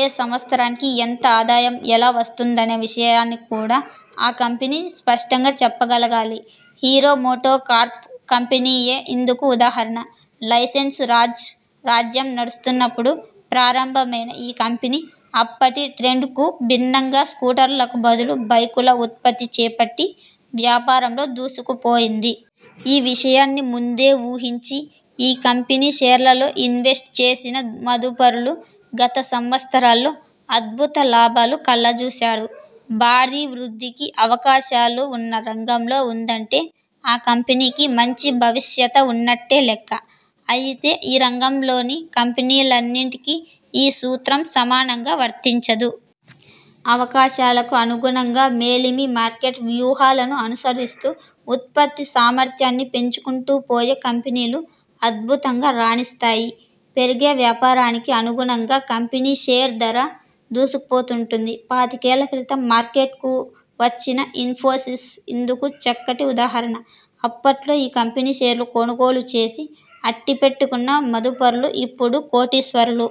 ఏ సంవత్సరానికి ఎంత ఆదాయం, ఎలా వస్తుందనే విషయాన్ని కూడా ఆ కంపెనీ స్పష్టంగా చెప్పగలగాలి. హీరో మోటో కార్ప్ కంపెనీయే ఇందుకు ఉదాహరణ. లైసెన్సు రాజ్ రాజ్యం నడుస్తున్నపుడు ప్రారంభమైనా ఈ కంపెనీ అప్పటి ట్రెండ్కు భిన్నంగా స్కూటర్లకు బదులు బైకుల ఉత్పత్తి చేపట్టి వ్యాపారంలో దూసుకుపోయింది. ఈ విషయాన్ని ముందే ఊహించి ఈ కంపెనీ షేర్లలో ఇన్వెస్ట్ చేసిన మదుపరులు గత సంవత్సరాల్లో అద్భుత లాభాలు కళ్లజూశారు. భారీ వృద్ధికి అవకాశాలు ఉన్న రంగంలో ఉందంటే ఆ కంపెనీకి మంచి భవిష్యత ఉన్నట్టే లెక్క. అయితే ఈ రంగంలోని కంపెనీలన్నింటికీ ఈ సూత్రం సమానంగా వర్తించదు. అవకాశాలకు అనుగుణంగా మేలిమి మార్కెట్ వ్యూహాలను అనుసరిస్తూ ఉత్పత్తి సామర్ధ్యాన్ని పెంచుకుంటూ పోయే కంపెనీలు అద్భుతంగా రాణిస్తాయి. పెరిగే వ్యాపారానికి అనుగుణంగా కంపెనీ షేర్ ధరా దూసుకుపోతుంటుంది. పాతికేళ్ల క్రితం మార్కెట్కు వచ్చిన ఇన్ఫోసిస్ ఇందుకు చక్కటి ఉదాహరణ. అప్పట్లో ఈ కంపెనీ షేర్లు కొనుగోలు చేసి అట్టిపెట్టుకున్న మదుపరులు ఇపుడు కోటీశ్వరులు.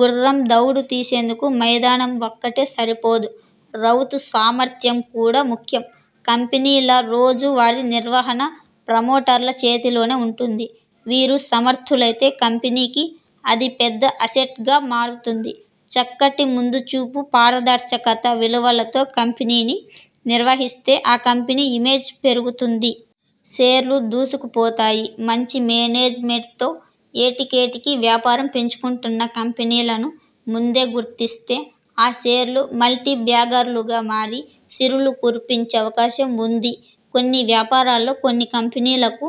గుర్రం దౌడు తీసేందుకు మైదానం ఒక్కటే సరిపోదు. రౌతు సామర్ధ్యం కూడా ముఖ్యం. కంపెనీల రోజు వారీ నిర్వహణ ప్రమోటర్ల చేతిలోనే ఉంటుంది. వీరు సమర్ధులైతే కంపెనీకి అది పెద్ద అసెట్గా మారుతుంది. చక్కటి ముం దు చూపు, పారదర్శకత, విలువలతో కంపెనీని నిర్వహిస్తే ఆ కంపెనీ ఇమేజ్ పెరుగుతుంది. షేర్లూ దూసుకు పోతాయి. మంచి మేనేజ్మెంట్తో ఏటికేటికి వ్యాపారం పెంచుకుంటున్న కంపెనీలను ముందే గుర్తిస్తే ఆ షేర్లు మల్టీ బ్యాగర్లుగా మారి సిరులు కురిపించే అవకాశం ఉంది. కొన్ని వ్యాపారాల్లో కొన్ని కంపెనీలకు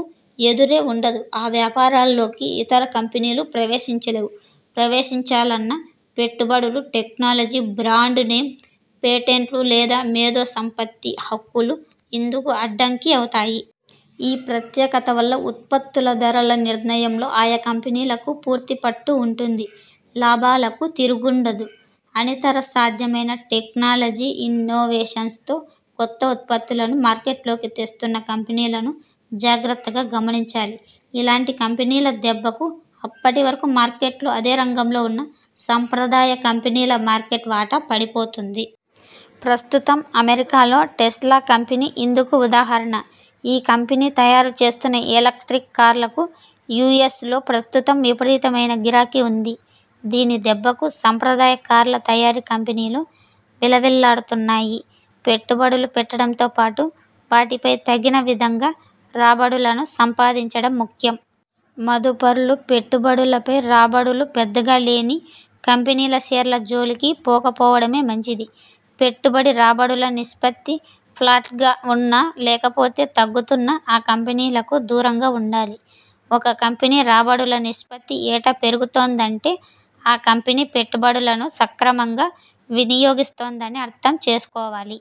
ఎదురే ఉండదు. ఆ వ్యాపారాల్లోకి ఇతర కంపెనీలు ప్రవేశించలేవు. ప్రవేశిం చాలన్నా పెట్టుబడులు, టెక్నాలజీ, బ్రాండ్ నేమ్, పేటెంట్లు లేదా మేధో సంపత్తి హక్కులు ఇందుకు అడ్డంకి అవుతాయి. ఈ ప్రత్యేకత వల్ల ఉత్పత్తుల ధరల నిర్ణయంలో ఆయా కంపెనీలకు పూర్తి పట్టు ఉంటుంది. లాభాలకు తిరు గుండదు. అనితర సాధ్యమైన టెక్నాలజీ, ఇన్నోవేషన్స్తో కొత్త ఉత్పత్తులను మార్కెట్లోకి తెస్తున్న కంపెనీలను జాగ్రత్తగా గమనించాలి. ఇలాంటి కంపెనీల దెబ్బకు అప్పటి వరకు మార్కెట్లో అదే రంగంలో ఉన్న సంప్రదాయ కంపెనీల మార్కెట్ వాటా పడిపోతుంది. ప్రస్తుతం అమె రికాలో టెస్లా కంపెనీ ఇందుకు ఉదాహరణ. ఈ కంపెనీ తయారు చేస్తున్న ఎలక్ర్టిక్ కార్లకు యుఎ్సలో ప్రస్తుతం విపరీతమైన గిరాకీ ఉంది. దీని దెబ్బకు సంప్రదాయ కార్ల తయారీ కంపెనీలు విలవిలలాడుతున్నాయి. పెట్టుబడులు పెట్టడంతోపాటు వాటిపై తగిన విధంగా రాబడులను సంపాదించడం ముఖ్యం. మదుపరులు పెట్టుబడులపై రాబడులు పెద్దగా లేని కంపెనీల షేర్ల జోలికి పోకపోవడమే మంచిది. పెట్టుబడి-రాబడుల నిష్పత్తి ఫ్లాట్గా ఉన్నా, లేకపోతే తగ్గుతున్నా ఆ కంపెనీలకు దూరంగా ఉండాలి. ఒక కంపెనీ రాబడుల నిష్పత్తి ఏటా పెరుగుతోందంటే ఆ కంపెనీ పెట్టుబడులను సక్రమంగా వినియోగిస్తోందని అర్థం చేసుకోవాలి.